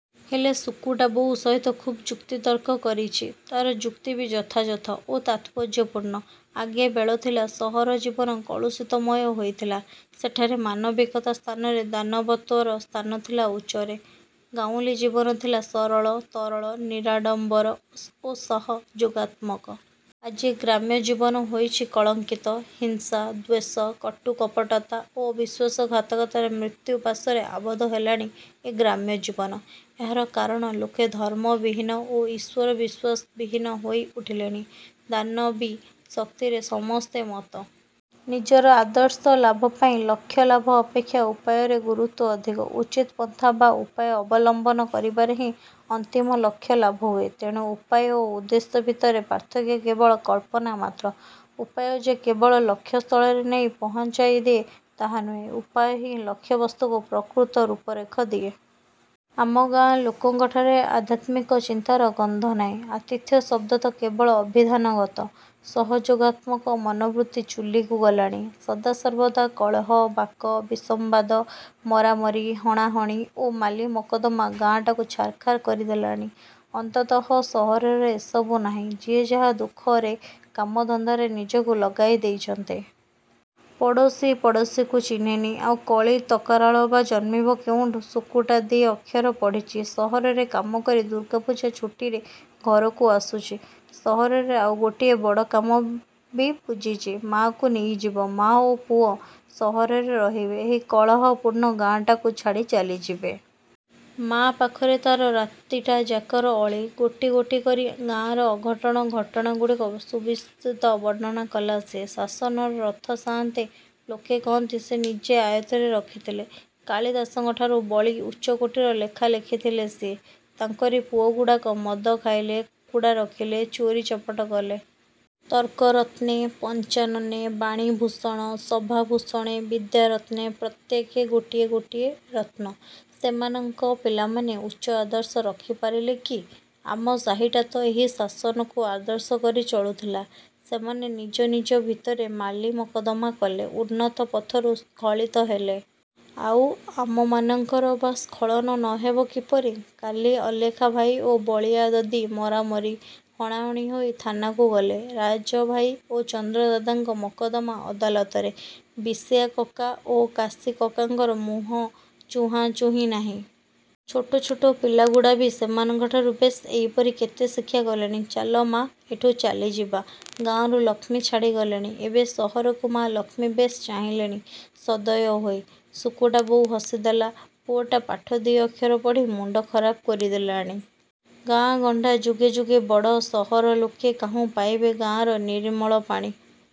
ହେଲେ ସୁକୁଟା ବୋଉ ସହିତ ଖୁବ୍ ଯୁକ୍ତି ତର୍କ କରିଚି। ତାର ଯୁକ୍ତି ବି ଯଥାଯଥ ଓ ତାତ୍ପର୍ଯ୍ୟପୂର୍ଣ୍ଣ। ଆଗେ ବେଳଥିଲା ସହର ଜୀବନ କଳୁଷିତମୟ ହୋଇଥିଲା। ସେଠାରେ ମାନବିକତା ସ୍ଥାନରେ ଦାନବତ୍ୱର ସ୍ଥାନ ଥିଲା ଉଚ୍ଚରେ। ଗାଉଁଲୀ ଜୀବନ ଥିଲା ସରଳ, ତରଳ, ନିରାଡ଼ମ୍ୱର ଓ ସ ସହ ଯୋଗାତ୍ମକ। ଆଜି ଗ୍ରାମ୍ୟ ଜୀବନ ହୋଇଛି କଳଙ୍କିତ। ହିଂସା, ଦ୍ୱେଷ, କଟୁ କପଟତା ଓ ବିଶ୍ୱାସଘାତକତାର ମୃତ୍ୟୁ ପାଶରେ ଆବଦ୍ଧ ହେଲାଣି ଏ ଗ୍ରାମ୍ୟ ଜୀବନ। ଏହାର କାରଣ ଲୋକେ ଧର୍ମ ବିହୀନ ଓ ଈଶ୍ୱର ବିଶ୍ୱାସ ବିହୀନ ହୋଇ ଉଠିଲେଣି। ଦାନବୀ ଶକ୍ତିରେ ସମସ୍ତେ ମତ୍ତ। ନିଜର ଆଦର୍ଶ ଲାଭ ପାଇଁ ଲକ୍ଷ ଲାଭ ଅପେକ୍ଷା ଉପାୟରେ ଗୁରୁତ୍ୱ ଅଧିକ। ଉଚିତ ପନ୍ଥା ବା ଉପାୟ ଅବଲମ୍ୱନ କରିବାରେ ହିଁ ଅନ୍ତିମ ଲକ୍ଷ୍ୟ ଲାଭ ହୁଏ; ତେଣୁ ଉପାୟ ଓ ଉଦ୍ଦେଶ୍ୟ ଭିତରେ ପାର୍ଥକ୍ୟ କେବଳ କଳ୍ପନା ମାତ୍ର। ଉପାୟ ଯେ କେବଳ ଲକ୍ଷ୍ୟ ସ୍ଥଳରେ ନେଇ ପହଞ୍ଚାଇ ଦିଏ ତାହା ନୁହେଁ, ଉପାୟ ହିଁ ଲକ୍ଷ୍ୟ ବସ୍ତୁକୁ ପ୍ରକୃତ ରୂପରେଖ ଦିଏ। ଆମ ଗାଁ ଲୋକଙ୍କଠାରେ ଆଧ୍ୟାତ୍ମିକ ଚିନ୍ତାର ଗନ୍ଧ ନାହିଁ। ଆତିଥ୍ୟ ଶବ୍ଦ ତ କେବଳ ଅଭିଧାନଗତ। ସହଯୋଗାତ୍ମକ ମନୋବୃତ୍ତି ଚୁଲିକୁ ଗଲାଣି। ସଦାସର୍ବଦା କଳହ, ବାକ ବିସମ୍ୱାଦ, ମରାମରି, ହଣାହଣି ଓ ମାଲିମକଦ୍ଦମା ଗାଁଟାକୁ ଛାରଖାର କରି ଦେଲାଣି। ଅନ୍ତଃତଃ ସହରରେ ଏସବୁ ନାହିଁ। ଯିଏ ଯାହା ଦୁଃଖରେ କାମ ଧନ୍ଦାରେ ନିଜକୁ ଲଗାଇ ଦେଇଚନ୍ତି। ପଡ଼ୋଶୀ ପଡ଼ୋଶୀକୁ ଚିହ୍ନିନି। ଆଉ କଳି ତକାରାଳ ବା ଜନ୍ମିବ କେଉଁଠୁ? ସୁକୁଟା ଦି ଅକ୍ଷର ପଢ଼ିଚି। ସହରରେ କାମକରି ଦୁର୍ଗାପୂଜା ଛୁଟିରେ ଘରକୁ ଆସୁଚି। ସହରରେ ଆଉ ଗୋଟିଏ ବଡ଼ କାମ ବି ବୁଝିଚି। ମା'କୁ ନେଇଯିବ। ମା'ଓ ପୁଅ ସହରରେ ରହିବେ। ଏହି କଳହପୂର୍ଣ୍ଣ ଗାଁଟାକୁ ଛାଡ଼ି ଚାଲିଯିବେ। ମା' ପାଖରେ ତାର ରାତିଟା ଯାକର ଅଳି। ଗୋଟି ଗୋଟି କରି ଗାଁର ଅଘଟଣ ଘଟଣାଗୁଡ଼ିକ ଅସୁବିସ୍ତୃତ ବର୍ଣ୍ଣନା କଲା ସେ। ଶାସନର ରଥ ସାଆନ୍ତେ, ଲୋକେ କହନ୍ତି ସେ ନିଜେ ଆୟତ୍ତରେ ରଖିଥିଲେ। କାଳିଦାସଙ୍କଠାରୁ ବଳି ଉଚ୍ଚକୋଟିର ଲେଖା ଲେଖିଥିଲେ ସିଏ। ତାଙ୍କରି ପୁଅଗୁଡ଼ାକ ମଦ ଖାଇଲେ, କୁକୁଡ଼ା ରଖିଲେ, ଚୋରୀ ଚପଟ କଲେ। ତର୍କରତ୍ନେ, ପଞ୍ଚାନନେ, ବାଣୀଭୂଷଣ, ସଭାଭୂଷଣେ, ବିଦ୍ୟାରତ୍ନେ ପ୍ରତ୍ୟେକେ ଗୋଟିଏ ଗୋଟିଏ ରତ୍ନ। ସେମାନଙ୍କ ପିଲାମାନେ ଉଚ୍ଚ ଆଦର୍ଶ ରଖି ପାରିଲେ କି? ଆମ ସାହିଟାତ ଏହି ଶାସନକୁ ଆଦର୍ଶ କରି ଚଳୁଥିଲା। ସେମାନେ ନିଜ ନିଜ ଭିତରେ ମାଲିମକଦ୍ଦମା କଲେ। ଉନ୍ନତ ପଥରୁ ସ୍ଖଳିତ ହେଲେ। ଆଉ ଆମମାନଙ୍କର ବା ସ୍ଖଳନ ନ ହେବ କିପରି? କାଲି ଅଲେଖା ଭାଇ ଓ ବଳିଆ ଦଦୀ ମରାମରି, ହଣାହଣି ହୋଇ ଥାନାକୁ ଗଲେ। ରାଜ ଭାଇ ଓ ଚନ୍ଦ୍ର ଦାଦାଙ୍କ ମକଦ୍ଦମା ଅଦାଲତରେ। ବିଶିଆ କକା ଓ କାଶୀ କକାଙ୍କର ମୁହଁ ଚୁହାଁ ଚୁହିଁ ନାହିଁ। ଛୋଟ ଛୋଟ ପିଲାଗୁଡ଼ା ବି ସେମାନଙ୍କଠାରୁ ବେଶ ଏଇପରି କେତେ ଶିକ୍ଷା କଲେଣି-। ଚାଲ ମା, ଏଠୁ ଚାଲିଯିବା। ଗାଁରୁ ଲକ୍ଷ୍ମୀ ଛାଡ଼ି ଗଲେଣି। ଏବେ ସହରକୁ ମା ଲକ୍ଷ୍ମୀ ବେଶ ଚାହିଁଲେଣି ସଦୟ ହୋଇ। ସୁକୁଟା ବୋଉ ହସି ଦେଲା। ପୁଅଟା ପାଠ ଦି' ଅକ୍ଷର ପଢ଼ି ମୁଣ୍ଡ ଖରାପ କରି ଦେଲାଣି। ଗାଁ ଗଣ୍ଡା ଯୁଗେ ଯୁଗେ ବଡ଼ ସହର ଲୋକେ କାହୁଁ ପାଇବେ ଗାଁର ନିରିମଳ ପାଣି